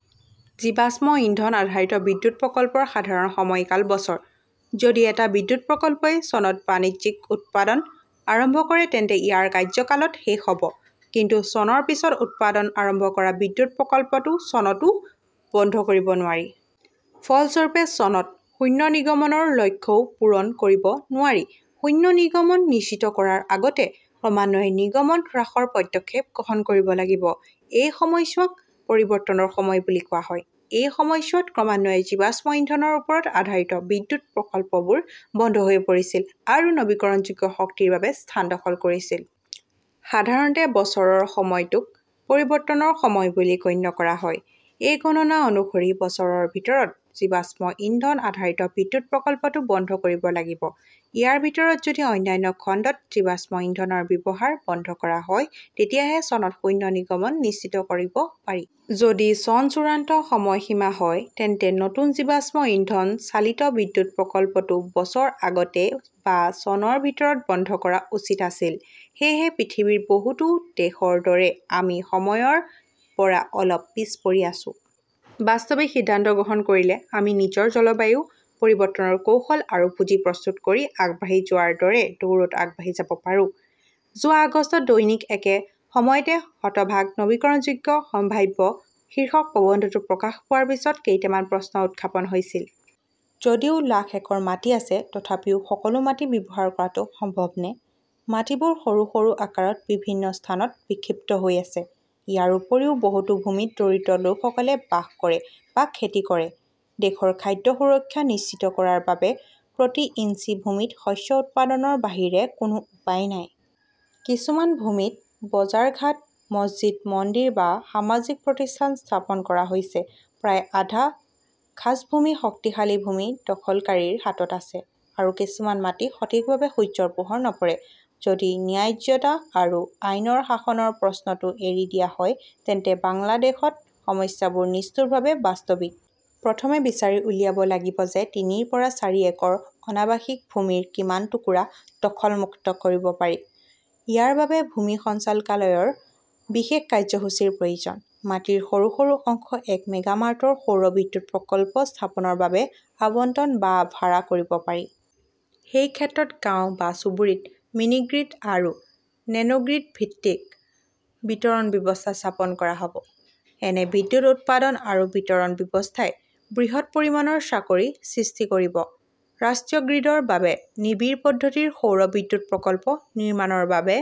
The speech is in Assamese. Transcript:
জীৱাশ্ম ইন্ধন-আধাৰিত বিদ্যুৎ প্ৰকল্পৰ সাধাৰণ সময়কাল বছৰ। যদি এটা বিদ্যুৎ প্ৰকল্পই চনত বাণিজ্যিক উৎপাদন আৰম্ভ কৰে তেন্তে ইয়াৰ কাৰ্যকাল ত শেষ হ 'ব। কিন্তু চনৰ পিছত উৎপাদন আৰম্ভ কৰা বিদ্যুৎ প্ৰকল্পটো চনতও বন্ধ কৰিব নোৱাৰি। ফলস্বৰূপে, চনত শূন্য নিৰ্গমনৰ লক্ষ্যও পূৰণ কৰিব নোৱাৰি। শূন্য নিৰ্গমন নিশ্চিত কৰাৰ আগতে ক্ৰমান্বয়ে নিৰ্গমন হ্ৰাসৰ পদক্ষেপ গ্ৰহণ কৰিব লাগিব। এই সময়ছোৱাক পৰিৱৰ্তনৰ সময় বুলি কোৱা হয়। এই সময়ছোৱাত ক্ৰমান্বয়ে জীৱাশ্ম ইন্ধনৰ ওপৰত আধাৰিত বিদ্যুৎ প্ৰকল্পবোৰ বন্ধ হৈ পৰিছিল আৰু নৱীকৰণযোগ্য শক্তিৰ বাবে স্থান দখল কৰিছিল। সাধাৰণতে বছৰৰ সময়টোক পৰিৱৰ্তনৰ সময় বুলি গণ্য কৰা হয়। এই গণনা অনুসৰি, বছৰৰ ভিতৰত জীৱাশ্ম ইন্ধন-আধাৰিত বিদ্যুৎ প্ৰকল্পটো বন্ধ কৰিব লাগিব। ইয়াৰ ভিতৰত যদি অন্যান্য খণ্ডত জীৱাশ্ম ইন্ধনৰ ব্যৱহাৰ বন্ধ কৰা হয় তেতিয়াহে চনত শূন্য নিৰ্গমন নিশ্চিত কৰিব পাৰি। যদি চন চূড়ান্ত সময়সীমা হয়, তেন্তে নতুন জীৱাশ্ম ইন্ধন চালিত বিদ্যুৎ প্ৰকল্পটো বছৰ আগতে বা চনৰ ভিতৰত বন্ধ কৰা উচিত আছিল। সেয়েহে পৃথিৱীৰ বহুতো দেশৰ দৰে আমি সময়ৰ পৰা অলপ পিছ পৰি আছো। বাস্তৱিক সিদ্ধান্ত গ্ৰহণ কৰিলে আমি নিজৰ জলবায়ু পৰিৱৰ্তনৰ কৌশল আৰু পুঁজি প্ৰস্তুত কৰি আগবাঢ়ি যোৱাৰ দৰে দৌৰত আগবাঢ়ি যাব পাৰোঁ। যোৱা আগষ্টত দৈনিক একে সময়তে 'শতভাগ নৱীকৰণযোগ্য সম্ভাৱ্য "শীৰ্ষক প্ৰবন্ধটো প্ৰকাশ পোৱাৰ পিছত কেইটামান প্ৰশ্ন উত্থাপন হৈছিল। যদিও লাখ একৰ মাটি আছে, তথাপিও সকলো মাটি ব্যৱহাৰ কৰাটো সম্ভৱনে? মাটিবোৰ সৰু সৰু আকাৰত বিভিন্ন স্থানত বিক্ষিপ্ত হৈ আছে। ইয়াৰ উপৰিও বহুতো ভূমিত দৰিদ্ৰ লোকসকল বাস কৰে বা খেতি কৰে। দেশৰ খাদ্য সুৰক্ষা নিশ্চিত কৰাৰ বাবে প্ৰতি ইঞ্চি ভূমিত শস্য উৎপাদনৰ বাহিৰে কোনো উপায় নাই। কিছুমান ভূমিত বজাৰঘাট, মছজিদ-মন্দিৰ বা সামাজিক প্ৰতিষ্ঠান স্থাপন কৰা হৈছে। প্ৰায় আধা খাছভূমি শক্তিশালী ভূমি দখলকাৰীৰ হাতত আছে। আৰু কিছুমান মাটিত সঠিকভাৱে সূৰ্যৰ পোহৰ নপৰে। যদি ন্যায্যতা আৰু আইনৰ শাসনৰ প্ৰশ্নটো এৰি দিয়া হয়, তেন্তে বাংলাদেশত সমস্যাবোৰ নিষ্ঠুৰভাৱে বাস্তৱিক। প্ৰথমে বিচাৰি উলিয়াব লাগিব যে তিনিৰ পৰা চাৰি একৰ অনাবাসিক ভূমিৰ কিমান টুকুৰা দখল-মুক্ত কৰিব পাৰি। ইয়াৰ বাবে ভূমি সঞ্চালকালয়ৰ বিশেষ কাৰ্যসূচীৰ প্ৰয়োজন। মাটিৰ সৰু সৰু অংশ এক মেগাৱাটৰ সৌৰ বিদ্যুৎ প্ৰকল্প স্থাপনৰ বাবে আবণ্টন বা ভাড়া কৰিব পাৰি। সেই ক্ষেত্ৰত গাঁৱ বা চুবুৰীত মিনিগ্ৰিড আৰু নেনোগ্ৰিড ভিত্তিক বিতৰণ ব্যৱস্থা স্থাপন কৰা হ "ব। এনে বিদ্যুৎ উৎপাদন আৰু বিতৰণ ব্যৱস্থাই বৃহৎ পৰিমাণৰ চাকৰি সৃষ্টি কৰিব। ৰাষ্ট্ৰীয় গ্ৰীডৰ বাবে নিবিড় পদ্ধতিৰ সৌৰ বিদ্যুৎ প্ৰকল্প নিৰ্মাণৰ বাবে